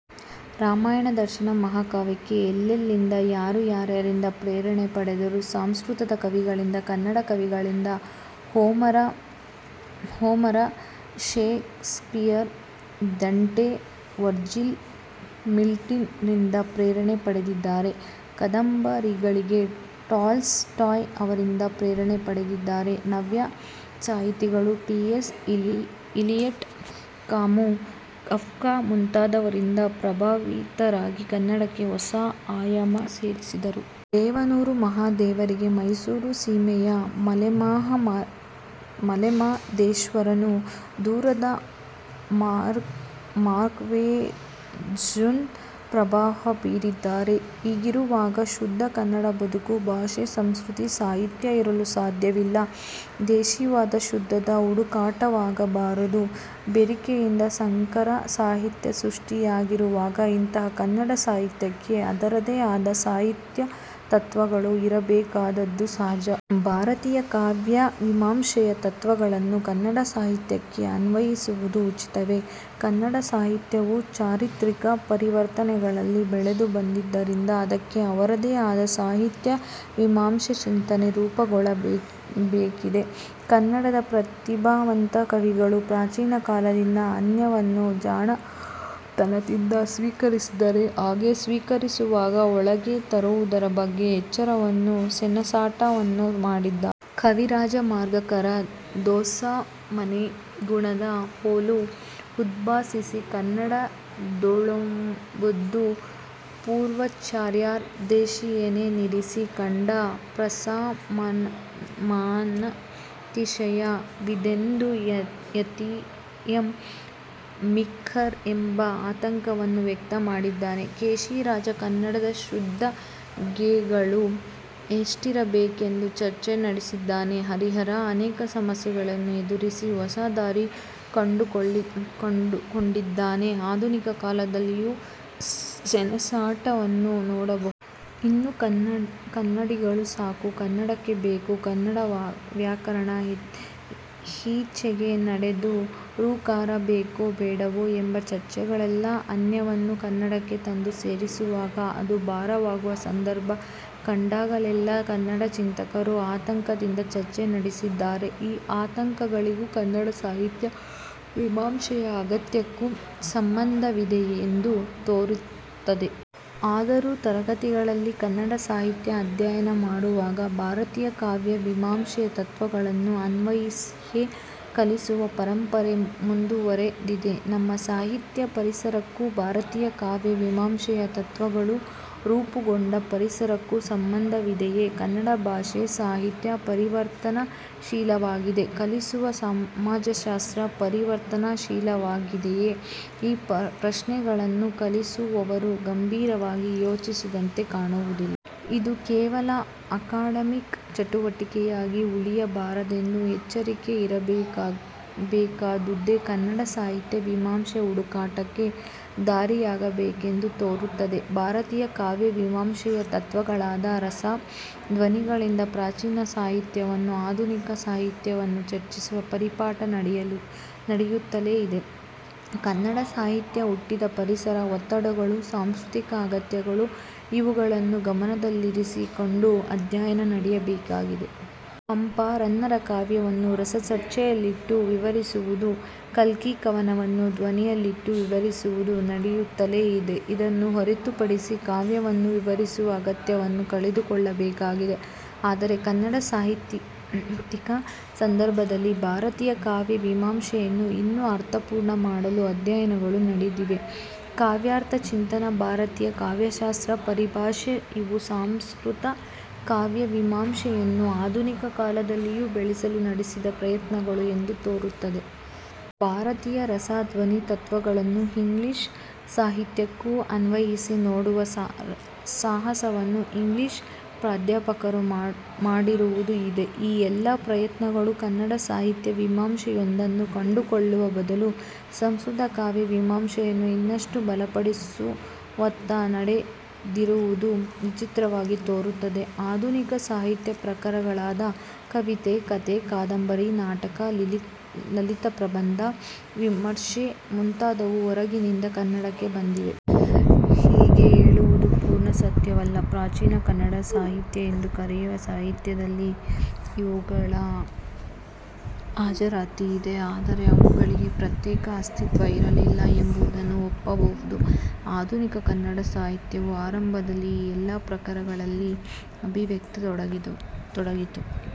ರಾಮಾಯಣ ದರ್ಶನಂ' ಮಹಾಕಾವ್ಯಕ್ಕೆ ಎಲ್ಲೆಲ್ಲಿಯಿಂದ, ಯಾರು ಯಾರಿಂದ ಪ್ರೇರಣೆ ಪಡೆದರು? ಸಂಸ್ಕೃತದ ಕವಿಗಳಿಂದ, ಕನ್ನಡ ಕವಿಗಳಿಂದ, ಹೋಮರ, ಶೇಕ್ಸಪೀಯರ್, ಡಾಂಟೆ, ವರ್ಜಿಲ್, ಮಿಲ್ಟನ್ರಿಂದ ಪ್ರೇರಣೆ ಪಡೆದಿದ್ದಾರೆ. ಕಾದಂಬರಿಗಳಿಗೆ ಟಾಲ್ಸ್ ಟಾಯ್ ಅವರಿಂದ ಪ್ರೇರಣೆ ಪಡೆದಿದ್ದಾರೆ. ನವ್ಯ ಸಾಹಿತಿಗಳು T. S. Eliot, Camus, Kafka ಮುಂತಾದವರಿಂದ ಪ್ರಭಾವಿತರಾಗಿ ಕನ್ನಡಕ್ಕೆ ಹೊಸ ಆಯಾಮ ಸೇರಿಸಿದರು. ದೇವನೂರು ಮಹಾದೇವರಿಗೆ ಮೈಸೂರು ಸೀಮೆಯ ಮಲೆಮಹಾ ದೇಶ್ವರನೂ, ದೂರದ ಮಾರ್ಕ್ವೇಜ್ನು ಪ್ರಭಾವ ಬೀರಿದ್ದಾರೆ. ಹೀಗಿರುವಾಗ ಶುದ್ಧ ಕನ್ನಡ ಬದುಕು, ಭಾಷೆ, ಸಂಸ್ಕೃತಿ, ಸಾಹಿತ್ಯ ಇರಲು ಸಾಧ್ಯವಿಲ್ಲ. ದೇಶಿವಾದ ಶುದ್ಧದ ಹುಟುಕಾಟವಾಗಬಾರದು. ಬೆರೆಕೆಯಿಂದ ಸಂಕರ ಸಾಹಿತ್ಯ ಸೃಷ್ಠಿಯಾಗಿರುವಾಗ ಇಂಥಹ ಕನ್ನಡ ಸಾಹಿತ್ಯಕ್ಕೆ ಅದರದೇ ಆದ ಸಾಹಿತ್ಯ ತತ್ವಗಳು ಇರಬೇಕಾದದ್ದು ಸಹಜ. ಭಾರತೀಯ ಕಾವ್ಯ ಮೀಮಾಂಸೆಯ ತತ್ವಗಳನ್ನು ಕನ್ನಡ ಸಾಹಿತ್ಯಕ್ಕೆ ಅನ್ವಯಿಸುವುದು ಉಚಿತವೇ? ಕನ್ನಡ ಸಾಹಿತ್ಯವು ಚಾರಿತ್ರಿಕ ಪರಿವರ್ತನೆಗಳಲ್ಲಿ ಬೆಳೆದು ಬಂದದ್ದರಿಂದ ಅದಕ್ಕೆ ಅವರದೇ ಆದ ಸಾಹಿತ್ಯ ಮೀಮಾಂಸೆ ಚಿಂತನೆ ರೂಪುಗೊಳ್ಳಬೇಕಿದೆ. ಕನ್ನಡದ ಪ್ರತಿಭಾವಂತ ಕವಿಗಳು ಪ್ರಾಚೀನ ಕಾಲದಿಂದ ಅನ್ಯವನ್ನು ಜಾಣತನದಿಂದ ಸ್ವೀಕರಿಸಿದ್ದಾರೆ. ಹಾಗೆ ಸ್ವೀಕರಿಸುವಾಗ, ಒಳಗೆ ತರುವುದರ ಬಗ್ಗೆ ಎಚ್ಚರವನ್ನು, ಸೆಣಸಾಟ ವನ್ನು ಮಾಡಿದ್ದಾರೆ. ಕವಿರಾಜಮಾರ್ಗಕಾರ 'ದೋಸಮನೆ ಗುಣದ ವೊಲು ಉದ್ಭಾಸಿಸಿ, ಕನ್ನಡದೊಳೊಲ್ದು ಪೂರ್ವಾಚಾರ್ಯರ್, ದೇಶಿಯೆನೆ ನಿರಿಸಿ, ಖಂಡ ಪ್ರಾಸಮನತಿಶಯ ಮಿದೆಂದು ಯತಿಯಂ ಮಿಕ್ಕರ್' ಎಂಬ ಆತಂಕವನ್ನು ವ್ಯಕ್ತಮಾಡಿದ್ದಾನೆ. ಕೇಶಿರಾಜ ಕನ್ನಡದ ಶುದ್ಧಗೆಗಳು ಎಷ್ಟಿರಬೇಕೆಂದು ಚರ್ಚೆ ನಡೆಸಿದ್ದಾನೆ. ಹರಿಹರ ಅನೇಕ ಸಮಸ್ಯೆಗಳನ್ನು ಎದುರುಸಿ ಹೊಸ ದಾರಿ ಕಂಡುಕೊಂಡಿದ್ದಾನೆ. ಆಧುನಿಕ ಕಾಲದಲ್ಲಿಯೂ ಸೆಣಸಾಟವನ್ನು ನೋಡಬಹುದು. ಇನ್ನು ಕನ್ನಡಿಗಳು ಸಾಕು, ಕನ್ನಡಕ್ಕೆ ಬೇಕು ಕನ್ನಡ ವ್ಯಾಕರಣ, ಈಚೆಗೆ ನಡೆದ 'ಋ' ಕಾರ ಬೇಕೋ ಬೇಡವೋ ಎಂಬ ಚರ್ಚೆಗಳೆಲ್ಲ ಅನ್ಯವನ್ನು ಕನ್ನಡಕ್ಕೆ ತಂದು ಸೇರಿಸುವಾಗ ಅದು ಭಾರವಾಗುವ ಸಂದರ್ಭ ಕಂಡಾಗಲೆಲ್ಲ ಕನ್ನಡ ಚಿಂತಕರು ಆತಂಕದಿಂದ ಚರ್ಚೆ ನಡೆಸಿದ್ದಾರೆ. ಈ ಆತಂಕಗಳಿಗೂ ಕನ್ನಡ ಸಾಹಿತ್ಯ ಮೀಮಾಂಸೆಯ ಅಗತ್ಯಕ್ಕೂ ಸಂಬಧವಿದೆಯೆಂದು ತೋರುತ್ತದೆ. ಆದರೂ ತರಗತಿಗಳಲ್ಲಿ ಕನ್ನಡ ಸಾಹಿತ್ಯ ಅಧ್ಯಯನ ಮಾಡುವಾಗ ಭಾರತೀಯ ಕಾವ್ಯ ಮೀಮಾಂಸೆಯ ತತ್ವಗಳನ್ನು ಅನ್ವಯಿಸಿಯೇ ಕಲಿಸುವ ಪರಂಪರೆ ಮುಂದುವರೆದಿದೆ. ನಮ್ಮ ಸಾಹಿತ್ಯ ಪರಿಸರಕ್ಕೂ, ಭಾರತೀಯ ಕಾವ್ಯ ಮೀಮಾಂಸೆಯ ತತ್ವಗಳು ರೂಪುಗೊಂಡ ಪರಿಸರಕ್ಕೂ ಸಂಬಂಧವಿದೆಯೇ? ಕನ್ನಡ ಭಾಷೆ, ಸಾಹಿತ್ಯ ಪರಿವರ್ತನಶೀಲವಾಗಿದೆ. ಕಲಿಸುವ ಸಮಾಜಶಾಸ್ತ್ರ ಪರಿವರ್ತನಶೀಲವಾಗಿದೆಯೇ? ಈ ಪ್ರಶ್ನೆಗಳನ್ನು ಕಲಿಸುವವರು ಗಂಭೀರವಾಗಿ ಯೋಚಿಸಿದಂತೆ ಕಾಣುವುದಿಲ್ಲ. ಇದು ಕೇವಲ ಅಕಡೆಮಿಕ್ ಚಟುವಟಿಕೆಯಾಗಿ ಉಳಿಯ ಬಾರದೆಂದು ಎಚ್ಚರಿಕೆ ಇರಬೇಕಾದುದ್ದೇ ಕನ್ನಡ ಸಾಹಿತ್ಯ ಮೀಮಾಂಸೆಯ ಹುಡುಕಾಟಕ್ಕೆ ದಾರಿಯಾಗಬೇಕೆಂದು ತೋರುತ್ತದೆ. ಭಾರತೀಯ ಕಾವ್ಯ ಮೀಮಾಂಸೆಯ ತತ್ವಗಳಾದ ರಸ, ಧ್ವನಿಗಳಿಂದ ಪ್ರಾಚೀನ ಸಾಹಿತ್ಯ ವನ್ನು, ಆಧುನಿಕ ಸಾಹಿತ್ಯವನ್ನು ಚರ್ಚಿಸುವ ಪರಿಪಾಠ ನಡೆಯುತ್ತಲೇ ಇದೆ. ಕನ್ನಡ ಸಾಹಿತ್ಯ ಹುಟ್ಟಿದ ಪರಿಸರ, ಒತ್ತಡಗಳು, ಸಾಂಸ್ಕೃತಿಕ ಅಗತ್ಯಗಳು ಇವುಗಳನ್ನು ಗಮನದಲ್ಲಿರಿಸಿ ಕೊಂಡು ಅಧ್ಯಯನ ನಡೆಯಬೇಕಾಗಿದೆ. ಪಂಪ, ರನ್ನರ ಕಾವ್ಯವನ್ನು ರಸ ಚರ್ಚೆಯಲ್ಲಿಟ್ಟು ವಿವರಿಸುವುದು, ಕಲ್ಕಿ ಕವನವನ್ನು ಧ್ವನಿಯಲ್ಲಿಟ್ಟು ವಿವರಿಸುವುದು ನಡೆಯುತ್ತಲೇ ಇದೆ. ಇದನ್ನು ಹೊರತು ಪಡಿಸಿ ಕಾವ್ಯವನ್ನು ವಿವರಿಸುವ ಅಗತ್ಯವನ್ನು ಕಂಡುಕೊಳ್ಳಬೇಕಾಗಿದೆ. ಆದರೆ ಕನ್ನಡ ಸಾಹಿತ್ಯಿಕ ಸಂದರ್ಭದಲ್ಲಿ ಭಾರತೀಯ ಕಾವ್ಯ ಮೀಮಾಂಸೆಯನ್ನು ಇನ್ನೂ ಅರ್ಥಪೂರ್ಣ ಮಾಡಲು ಅಧ್ಯಯನಗಳು ನಡೆದಿವೆ. ಕಾವ್ಯಾರ್ಥ ಚಿಂತನ ಭಾರತೀಯ ಕಾವ್ಯಶಾಸ್ತ್ರ ಪರಿಭಾಷೆ ಇವು ಸಂಸ್ಕೃತ ಕಾವ್ಯ ಮೀಮಾಂಸೆಯನ್ನು ಆಧುನಿಕ ಕಾಲದಲ್ಲಿಯೂ ಬೆಳೆಸಲು ನೆಡೆಸಿದ ಪ್ರಯತ್ನ ಗಳು ಎಂದು ತೋರುತ್ತದೆ. ಭಾರತೀಯ ರಸ, ಧ್ವನಿ, ತತ್ವಗಳನ್ನು ಇಂಗ್ಲಿಶ್ ಸಾಹಿತ್ಯಕ್ಕೂ ಅನ್ವಯಿಸಿ ನೋಡುವ ಸಾಹಸವನ್ನು ಇಂಗ್ಲಿಶ್ ಅಧ್ಯಾಪಕರು ಮಾಡಿರುವುದೂ ಇದೆ. ಈ ಎಲ್ಲ ಪ್ರಯತ್ನಗಳು ಕನ್ನಡ ಸಾಹಿತ್ಯ ಮೀಮಾಂಸೆಯೊಂದನ್ನು ಕಂಡುಕೊಳ್ಳುವ ಬದಲು ಸಂಸ್ಕೃತ ಕಾವ್ಯ ಮೀಮಾಂಸೆಯನ್ನು ಇನ್ನಷ್ಟು ಬಲಪಡಿಸುವತ್ತ ನಡೆದಿರುವುದು ವಿಚಿತ್ರವಾಗಿ ತೋರುತ್ತದೆ. ಆಧುನಿಕ ಸಾಹಿತ್ಯ ಪ್ರಕಾರಗಳಾದ ಕವಿತೆ, ಕಥೆ, ಕಾದಂಬರಿ, ನಾಟಕ, ಲಲಿತಪ್ರಬಂಧ, ವಿಮರ್ಶೆ ಮುಂತಾದವು ಹೊರಗಿನಿಂದ ಕನ್ನಡಕ್ಕೆ ಬಂದಿವೆ. ಹೀಗೆ ಹೇಳುವುದು ಪೂರ್ಣ ಸತ್ಯವಲ್ಲ. ಪ್ರಾಚೀನ ಕನ್ನಡ ಸಾಹಿತ್ಯ ಎಂದು ಕರೆಯುವ ಸಾಹಿತ್ಯದಲ್ಲಿ ಇವುಗಳ ಹಾಜರಾತಿ ಇದೆ. ಆದರೆ ಅವುಗಳಿಗೆ ಪ್ರತ್ಯೇಕ ಅಸ್ತಿತ್ವ ಇರಲಿಲ್ಲ ಎಂಬುದನ್ನು ಒಪ್ಪಬಹುದು. ಆಧುನಿಕ ಕನ್ನಡ ಸಾಹಿತ್ಯವು ಆರಂಭದಲ್ಲಿ ಈ ಎಲ್ಲ ಪ್ರಕಾರಗಳಲ್ಲಿ ಅಭಿವ್ಯಕ್ತವಾಗತೊಡಗಿತು.